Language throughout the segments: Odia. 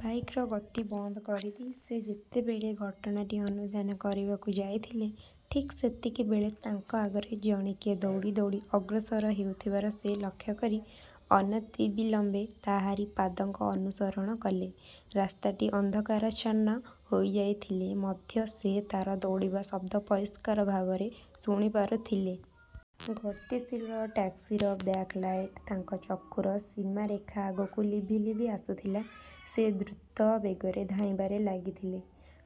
ବାଇକ୍‌ର ଗତି ବନ୍ଦ କରିଦେଇ ସେ ଯେତେବେଳେ ଘଟଣାଟି ଅନୁଧ୍ୟାନ କରିବାକୁ ଯାଉଥିଲେ, ଠିକ୍ ସେତିକିବେଳେ ତାଙ୍କ ଆଗରେ ଜଣେ କିଏ ଦୌଡ଼ି ଦୌଡ଼ି ଅଗ୍ରସର ହେଉଥିବାର ସେ ଲକ୍ଷ୍ୟ କରି ଅନତିବିଳମ୍ବେ ତାହାରି ପଦାଙ୍କ ଅନୁସରଣ କଲେ। ରାସ୍ତାଟି ଅନ୍ଧକାରାଚ୍ଛନ୍ନ ହୋଇଯାଇଥିଲେ ମଧ୍ୟ ସେ ତା'ର ଦୌଡ଼ିବା ଶବ୍ଦ ପରିଷ୍କାର ଭାବରେ ଶୁଣିପାରୁଥିଲେ। ଗତିଶୀଳ ଟ୍ୟାକ୍ସିର ବ୍ୟାକ୍ ଲାଇଟ୍ ତାଙ୍କ ଚକ୍ଷୁର ସୀମାରେଖା ଆଗରୁ ଲିଭି ଲିଭି ଆସୁଥିଲା। ସେ ଦ୍ରୁତ ବେଗରେ ଧାଇଁବାରେ ଲାଗିଥିଲେ।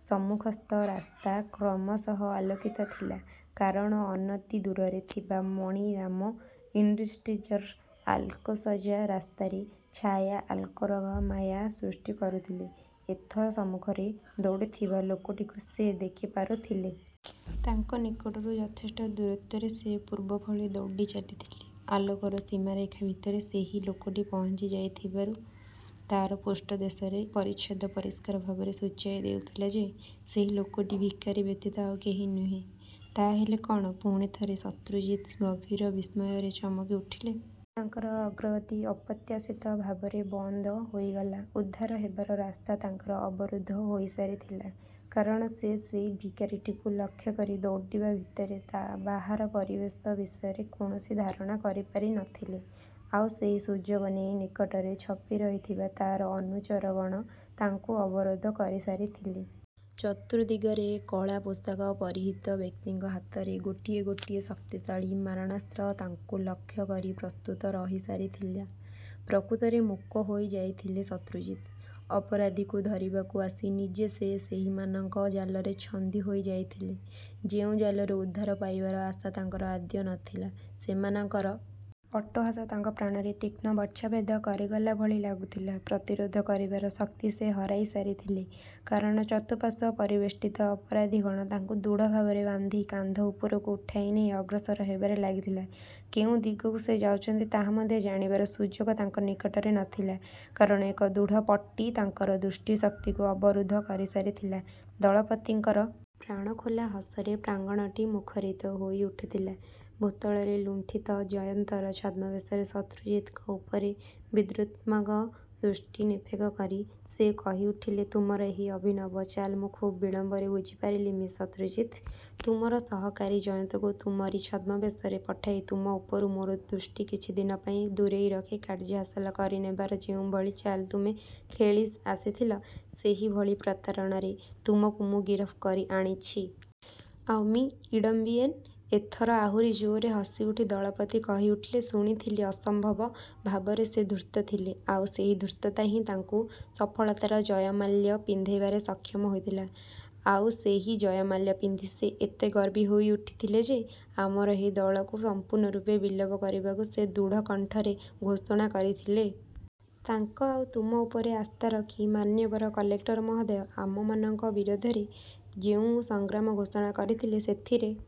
ସମ୍ମୁଖସ୍ଥ ରାସ୍ତା କ୍ରମଶଃ ଆଲୋକିତ ଥିଲା, କାରଣ ଅନତିଦୂରରେ ଥିବା ମଣିରାମ ଇଣ୍ଡଷ୍ଟ୍ରିଜ୍‌ର ଆଲୋକସଜ୍ଜା ରାସ୍ତାରେ ଛାୟା-ଆଲୋକର ମାୟା ସୃଷ୍ଟି କରୁଥିଲା। ଏଥର ସମ୍ମୁଖରେ ଦୌଡ଼ୁଥିବା ଲୋକଟିକୁ ସେ ଦେଖିପାରୁଥିଲେ। ତାଙ୍କ ନିକଟରୁ ଯଥେଷ୍ଟ ଦୂରତ୍ୱରେ ସେ ପୂର୍ବଭଳି ଦୌଡ଼ି ଚାଲିଥିଲା। ଆଲୋକର ସୀମାରେଖା ଭିତରେ ସେହି ଲୋକଟି ପହଞ୍ଚିଯାଇଥିବାରୁ ତା'ର ପୃଷ୍ଠଦେଶର ପରିଚ୍ଛଦ ପରିଷ୍କାର ଭାବରେ ସୂଚାଇ ଦେଉଥିଲା ଯେ, ସେହି ଲୋକଟି ଭିକାରୀ ବ୍ୟତୀତ ଆଉ କେହି ନୁହେଁ। ତା'ହେଲେ କ'ଣ? ପୁଣିଥରେ ଶତ୍ରୁଜିତ୍ ଗଭୀର ବିସ୍ମୟରେ ଚମକିଉଠିଲେ। ତାଙ୍କର ଅଗ୍ରଗତି ଅପ୍ରତ୍ୟାଶିତ ଭାବରେ ବନ୍ଦ ହୋଇଗଲା। ଉଦ୍ଧାର ହେବାର ରାସ୍ତା ତାଙ୍କର ଅବରୁଦ୍ଧ ହୋଇସାରିଥିଲା, କାରଣ ସେ ସେଇ ଭିକାରୀଟିକୁ ଲକ୍ଷ୍ୟ କରି ଦୌଡ଼ିବା ଭିତରେ ବାହାର ପରିବେଶ ବିଷୟରେ କୌଣସି ଧାରଣା କରିପାରି ନ ଥିଲେ। ଆଉ ସେହି ସୁଯୋଗ ନେଇ ନିକଟରେ ଛପିରହିଥିବା ତା'ର ଅନୁଚରଗଣ ତାଙ୍କୁ ଅବରୋଧ କରିସାରିଥିଲେ। ଚତୁର୍ଦ୍ଦିଗରେ କଳା ପୋଷାକ ପରିହିତ ବ୍ୟକ୍ତିଙ୍କ ହାତରେ ଗୋଟିଏ ଗୋଟିଏ ଶକ୍ତିଶାଳୀ ମାରଣାସ୍ତ୍ର ତାଙ୍କୁ ଲକ୍ଷ୍ୟ କରି ପ୍ରସ୍ତୁତ ରହିସାରିଥିଲା। ପ୍ରକୃତରେ ମୂକ ହୋଇଯାଇଥିଲେ ଶତ୍ରୁଜିତ୍। ଅପରାଧୀକୁ ଧରିବାକୁ ଆସି ନିଜେ ସେ ସେହିମାନଙ୍କ ଜାଲରେ ଛନ୍ଦି ହୋଇଯାଇଥିଲେ, ଯେଉଁ ଜାଲରୁ ଉଦ୍ଧାର ପାଇବାର ଆଶା ତାଙ୍କର ଆଦୌ ନ ଥିଲା। ସେମାନଙ୍କର ଅଟ୍ଟହାସ ତାଙ୍କ ପ୍ରାଣରେ ତୀକ୍ଷ୍ଣ ବର୍ଚ୍ଛା ଭେଦ କରିଗଲା ଭଳି ଲାଗୁଥିଲା। ପ୍ରତିରୋଧ କରିବାର ଶକ୍ତି ସେ ହରାଇସାରିଥିଲେ, କାରଣ ଚତୁଃପାର୍ଶ୍ୱ ପରିବେଷ୍ଟିତ ଅପରାଧୀଗଣ ତାଙ୍କୁ ଦୃଢ଼ଭାବରେ ବାନ୍ଧି କାନ୍ଧ ଉପରକୁ ଉଠାଇ ନେଇ ଅଗ୍ରସର ହେବାରେ ଲାଗିଥିଲେ। କେଉଁ ଦିଗକୁ ସେ ଯାଉଛନ୍ତି ତାହା ମଧ୍ୟ ଜାଣିବାର ସୁଯୋଗ ତାଙ୍କ ନିକଟରେ ନ ଥିଲା, କାରଣ ଏକ ଦୃଢ଼ ପଟି ତାଙ୍କର ଦୃଷ୍ଟିଶକ୍ତିକୁ ଅବରୁଦ୍ଧ କରିସାରିଥିଲା। ଦଳପତିଙ୍କର ପ୍ରାଣଖୋଲା ହସରେ ପ୍ରାଙ୍ଗଣଟି ମୁଖରିତ ହୋଇଉଠୁଥିଲା। ଭୂତଳରେ ଲୁଣ୍ଠିତ ଜୟନ୍ତର ଛଦ୍ମବେଶରେ ଶତ୍ରୁଜିତ୍‌ଙ୍କ ଉପରେ ବିଦ୍ରୂପାତ୍ମକ ଦୃଷ୍ଟି ନିକ୍ଷେପ କରି ସେ କହିଉଠିଲେ ତୁମର ଏହି ଅଭିନବ ଚାଲ୍ ମୁଁ ଖୁବ୍ ବିଳମ୍ବରେ ବୁଝିପାରିଲି ମି: ଶତ୍ରୁଜିତ୍। ତୁମର ସହକାରୀ ଜୟନ୍ତଙ୍କୁ ତୁମରି ଛଦ୍ମବେଶରେ ପଠାଇ ତୁମ ଉପରୁ ମୋର ଦୃଷ୍ଟି କିଛିଦିନ ପାଇଁ ଦୂରେଇ ରଖି କାର୍ଯ୍ୟ ହାସଲ କରିନେବାର ଯେଉଁଭଳି ଚାଲ୍ ତୁମେ ଖେଳି ଆସିଥିଲ, ସେହିଭଳି ପ୍ରତାରଣାରେ ତୁମକୁ ମୁଁ ଗିରଫ କରି ଆଣିଛି। ଆଉ ମି: ଇଡମ୍ବିଏନ୍। ଏଥର ଆହୁରି ଜୋରରେ ହସିଉଠି ଦଳପତି କହିଉଠିଲେ ଶୁଣିଥିଲି ଅସମ୍ଭବ ଭାବରେ ସେ ଧୂର୍ତ୍ତ ଥିଲେ। ଆଉ ସେହି ଧୂର୍ତ୍ତତା ହିଁ ତାଙ୍କୁ ସଫଳତାର ଜୟମାଲ୍ୟ ପିନ୍ଧାଇବାରେ ସକ୍ଷମ ହୋଇଥିଲା। ଆଉ ସେହି ଜୟମାଲ୍ୟ ପିନ୍ଧି ସେ ଏତେ ଗର୍ବୀ ହୋଇଉଠିଥିଲେ ଯେ, ଆମର ଏହି ଦଳକୁ ସମ୍ପୂର୍ଣ୍ଣରୂପେ ବିଲୋପ କରିବାକୁ ସେ ଦୃଢ଼କଣ୍ଠରେ ଘୋଷଣା କରିଥିଲେ। ତାଙ୍କ ଆଉ ତୁମ ଉପରେ ଆସ୍ଥା ରଖି ମାନ୍ୟବର କଲେକ୍ଟର ମହୋଦୟ ଆମମାନଙ୍କ ବିରୁଦ୍ଧରେ ଯେଉଁ ସଂଗ୍ରାମ ଘୋଷଣା କରିଥିଲେ, ସେଥିରେ--